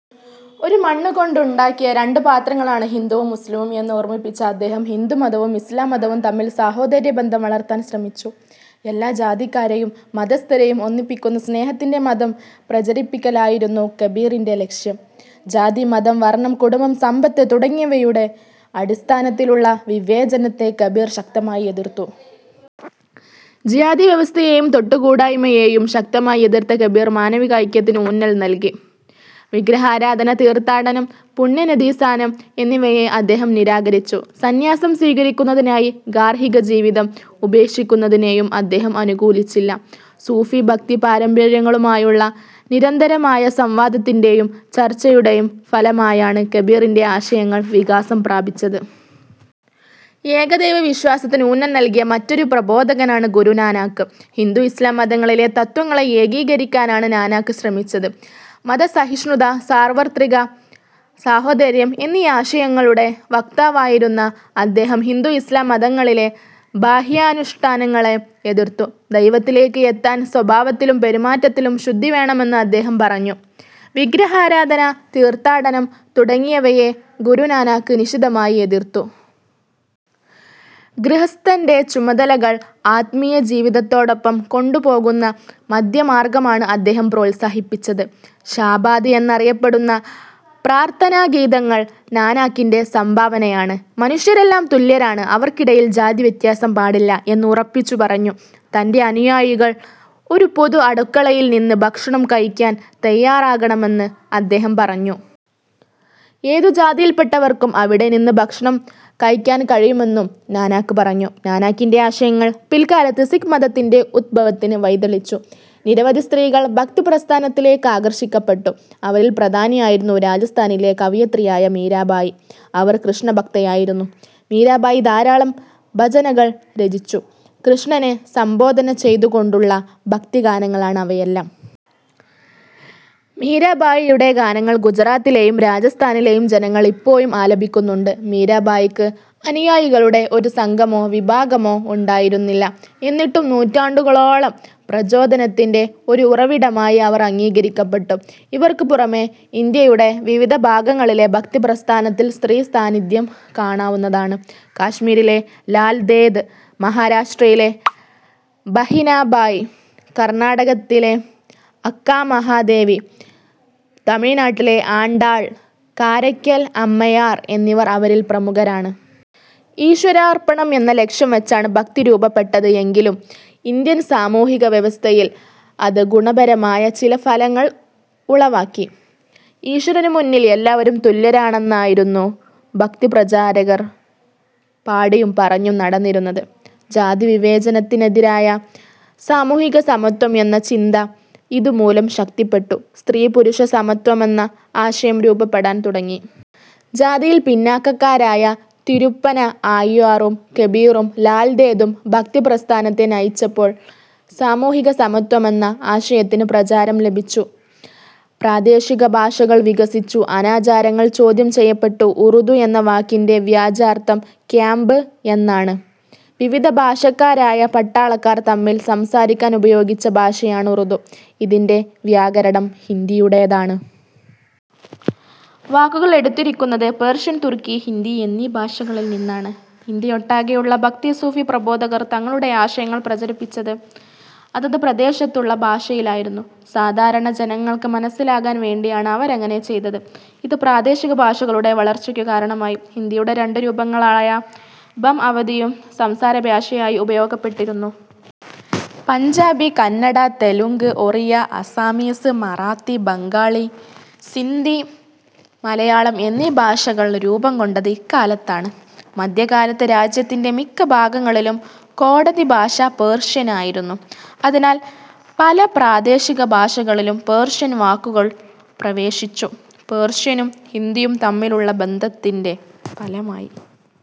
ഒരേ മണ്ണുകൊണ്ടുണ്ടാക്കിയ രണ്ടു പാത്രങ്ങളാണ് ഹിന്ദുവും മുസ്ലിമും എന്ന് ഓർമിപ്പിച്ച അദ്ദേഹം ഹിന്ദു മതവും ഇസ്ലാംമതവും തമ്മിൽ സാഹോദര്യബന്ധം വളർത്താൻ ശ്രമിച്ചു. എല്ലാ ജാതിക്കാരെയും മതസ്ഥരെയും ഒന്നിപ്പിക്കുന്ന സ്നേഹത്തിന്റെ മതം പ്രചരിപ്പിക്കലായിരുന്നു കബീറിന്റെ ലക്ഷ്യം. ജാതി, മതം, വർണം, കുടുംബം, സമ്പത്ത് തുടങ്ങിയവയുടെ അടിസ്ഥാനത്തിലുള്ള വിവേചനത്തെ കബീർ ശക്തമായി എതിർത്തു. ജാതിവ്യവസ്ഥയെയും തൊട്ടു കൂടായ്മയെയും ശക്തമായി എതിർത്ത കബീർ മാനവിക ഐക്യത്തിന് ഊന്നൽ നൽകി. വിഗ്രഹാരാധന, തീർത്ഥാടനം, പുണ്യനദീസാനം എന്നിവയെ അദ്ദേഹം നിരാകരിച്ചു. സന്ന്യാസം സ്വീകരിക്കുന്നതിനായി ഗാർഹികജീവിതം ഉപേക്ഷിക്കുന്നതിനെയും അദ്ദേഹം അനുകൂലിച്ചില്ല. സൂഫി ഭക്തി പാരമ്പര്യങ്ങളുമായുള്ള നിരന്തരമായ സംവാദത്തിന്റെയും ചർച്ചയുടെയും ഫലമായാണ് കബീറിന്റെ ആശയങ്ങൾ വികാസം പ്രാപിച്ചത്. ഏകദൈവവിശ്വാസത്തിന് ഊന്നൽ നൽകിയ മറ്റൊരു പ്രബോധകനാണ് ഗുരുനാനാക്ക്. ഹിന്ദു, ഇസ്ലാം മതങ്ങളിലെ തത്ത്വങ്ങളെ ഏകീകരിക്കാനാണ് നാനാക്ക് ശ്രമിച്ചത്. മതസഹിഷ്ണുത, സാർവത്രിക സാഹോദര്യം എന്നീ ആശയങ്ങളുടെ വക്താവായിരുന്ന അദ്ദേഹം ഹിന്ദു ഇസ്ലാം മതങ്ങളിലെ ബാഹ്യാനുഷ്ഠാനങ്ങളെ എതിർത്തു. ദൈവത്തിലേക്ക് എത്താൻ സ്വഭാവത്തിലും പെരുമാറ്റത്തിലും ശുദ്ധിവേണമെന്ന് അദ്ദേഹം പറഞ്ഞു. വിഗ്രഹാരാധന, തീർത്ഥാടനം തുടങ്ങിയവയെ ഗുരുനാനാക് നിശിതമായി എതിർത്തു. ഗൃഹസ്ഥന്റെ ചുമതലകൾ ആത്മീയ ജീവിതത്തോടൊപ്പം കൊണ്ടു പോകുന്ന മധ്യമാർഗമാണ് അദ്ദേഹം പ്രോത്സാഹിപ്പിച്ചത്. ഷാബാദ് എന്നറിയപ്പെടുന്ന പ്രാർഥനാഗീതങ്ങൾ നാനാക്കിന്റെ സംഭാവനയാണ്. മനുഷ്യരെല്ലാം തുല്യരാണ്, അവർക്കിടയിൽ ജാതിവ്യത്യാസം പാടില്ല എന്ന് ഉറപ്പിച്ചു പറഞ്ഞു. തന്റെ അനുയായികൾ ഒരു പൊതു അടുക്കള യിൽ നിന്ന് ഭക്ഷണം കഴിക്കാൻ തയാറാകണമെന്ന് അദ്ദേഹം പറഞ്ഞു. ഏതു ജാതിയിൽപ്പെട്ടവർക്കും അവിടെനിന്ന് ഭക്ഷണം കഴിക്കാൻ കഴിയുമെന്നും നാനാക്ക് പറഞ്ഞു. നാനാക്കിന്റെ ആശയങ്ങൾ പിൽക്കാലത്ത് സിഖ് മതത്തിന്റെ ഉദ്ഭവത്തിന് വഴിതെളിച്ചു. നിരവധി സ്ത്രീകൾ ഭക്തിപ്രസ്ഥാനത്തിലേക്കാകർഷിക്കപ്പെട്ടു. അവരിൽ പ്രധാനിയായിരുന്നു രാജസ്ഥാനിലെ കവയിത്രിയായ മീരാഭായി. അവർ കൃഷ്ണഭക്തയായിരുന്നു. മീരാഭായി ധാരാളം ഭജനകൾ രചിച്ചു. കൃഷ്ണനെ സംബോധന ചെയ്തുകൊണ്ടുള്ള ഭക്തിഗാനങ്ങളാണ് അവയെല്ലാം. മീരാഭായിയുടെ ഗാനങ്ങൾ ഗുജറാത്തിലെയും രാജസ്ഥാനിലെയും ജനങ്ങൾ ഇപ്പോഴും ആലപിക്കുന്നുണ്ട്. മീരാ ഭായിക്ക് അനുയായികളുടെ ഒരു സംഘമോ വിഭാഗമോ ഉണ്ടായിരുന്നില്ല. എന്നിട്ടും നൂറ്റാണ്ടുകളോളം പ്രചോദനത്തിന്റെ ഒരു ഉറവിടമായി അവർ അംഗീകരിക്കപ്പെട്ടു. ഇവർക്ക് പുറമെ ഇന്ത്യയുടെ വിവിധ ഭാഗങ്ങളിലെ ഭക്തിപ്രസ്ഥാനത്തിൽ സ്ത്രീസാന്നിധ്യം കാണാവുന്നതാണ്. കാശ്മീരിലെ ലാൽദേദ്, മഹാരാഷ്ട്രയിലെ ഭഹിനാഭായ്, കർണാടകത്തിലെ അക്കാമഹാദേവി, തമിഴ്നാട്ടിലെ ആണ്ടാൾ, കാരയ്ക്കൽ അമ്മയാർ എന്നിവർ അവരിൽ പ്രമുഖരാണ്. ഈശ്വരാർപ്പണം എന്ന ലക്ഷ്യം വച്ചാണ് ഭക്തി രൂപപ്പെട്ടത് എങ്കിലും ഇന്ത്യൻ സാമൂഹിക വ്യവസ്ഥയിൽ അത് ഗുണപരമായ ചില ഫലങ്ങൾ ഉളവാക്കി. ഈശ്വരനു മുന്നിൽ എല്ലാവരും തുല്യരാണെന്നായിരുന്നു ഭക്തിപ്രചാരകർ പാടിയും പറഞ്ഞും നടന്നിരുന്നത്. ജാതിവിവേചനത്തിനെതിരായ സാമൂഹിക സമത്വം എന്ന ചിന്ത ഇതുമൂലം ശക്തിപ്പെട്ടു. സ്ത്രീപുരുഷ സമത്വമെന്ന ആശയം രൂപപ്പെടാൻ തുടങ്ങി. ജാതിയിൽ പിന്നാക്കക്കാരായ തിരുപ്പന ആഴ്വാറും കബീറും ലാൽദേദും ഭക്തിപ്രസ്ഥാനത്തെ നയിച്ചപ്പോൾ സാമൂഹികസമത്വമെന്ന ആശയത്തിന് പ്രചാരം ലഭിച്ചു. പ്രാദേശികഭാഷകൾ വികസിച്ചു. അനാചാരങ്ങൾ ചോദ്യം ചെയ്യപ്പെട്ടു. ഉറുദു എന്ന വാക്കിന്റെ വാച്യാർഥം ക്യാമ്പ് എന്നാണ്. വിവിധ ഭാഷക്കാരായ പട്ടാളക്കാർ തമ്മിൽ സംസാരിക്കാൻ ഉപയോഗിച്ച ഭാഷയാണ് ഉറുദു. ഇതിന്റെ വ്യാകരണം ഹിന്ദിയുടേതാണ്. വാക്കുകൾ എടുത്തിരിക്കുന്നത് പേർഷ്യൻ, തുർക്കി, ഹിന്ദി എന്നീ ഭാഷകളിൽ നിന്നാണ്. ഇന്ത്യയൊട്ടാകെയുള്ള ഭക്തി-സൂഫി പ്രബോധകർ തങ്ങളുടെ ആശയങ്ങൾ പ്രചരിപ്പിച്ചത് അതത് പ്രദേശത്തുള്ള ഭാഷയിലായിരുന്നു. സാധാരണ ജനങ്ങൾക്ക് മനസ്സിലാകാൻ വേണ്ടിയാണ് അവരങ്ങനെ ചെയ്തത്. ഇത് പ്രാദേശികഭാഷകളുടെ വളർച്ചയ്ക്കു കാരണമായി. ഹിന്ദിയുടെ രണ്ടു രൂപങ്ങളായ ബം അവധിയും സംസാരഭാഷയായി ഉപയോഗിക്കപ്പെട്ടിരുന്നു. പഞ്ചാബി, കന്നഡ, തെലുങ്ക്, ഒറിയ, ആസാമീസ്, മറാത്തി, ബംഗാളി, സിന്ധി, മലയാളം എന്നീ ഭാഷകൾ രൂപംകൊണ്ടത് ഇക്കാലത്താണ്. മധ്യകാലത്ത് രാജ്യത്തിന്റെ മിക്ക ഭാഗങ്ങളിലും കോടതിഭാഷ പേർഷ്യനായിരുന്നു. അതിനാൽ പല പ്രാദേശികഭാഷകളിലും പേർഷ്യൻ വാക്കുകൾ പ്രവേശിച്ചു. പേർഷ്യനും ഹിന്ദിയും തമ്മിലുള്ള ബന്ധത്തിന്റെ ഫലമായി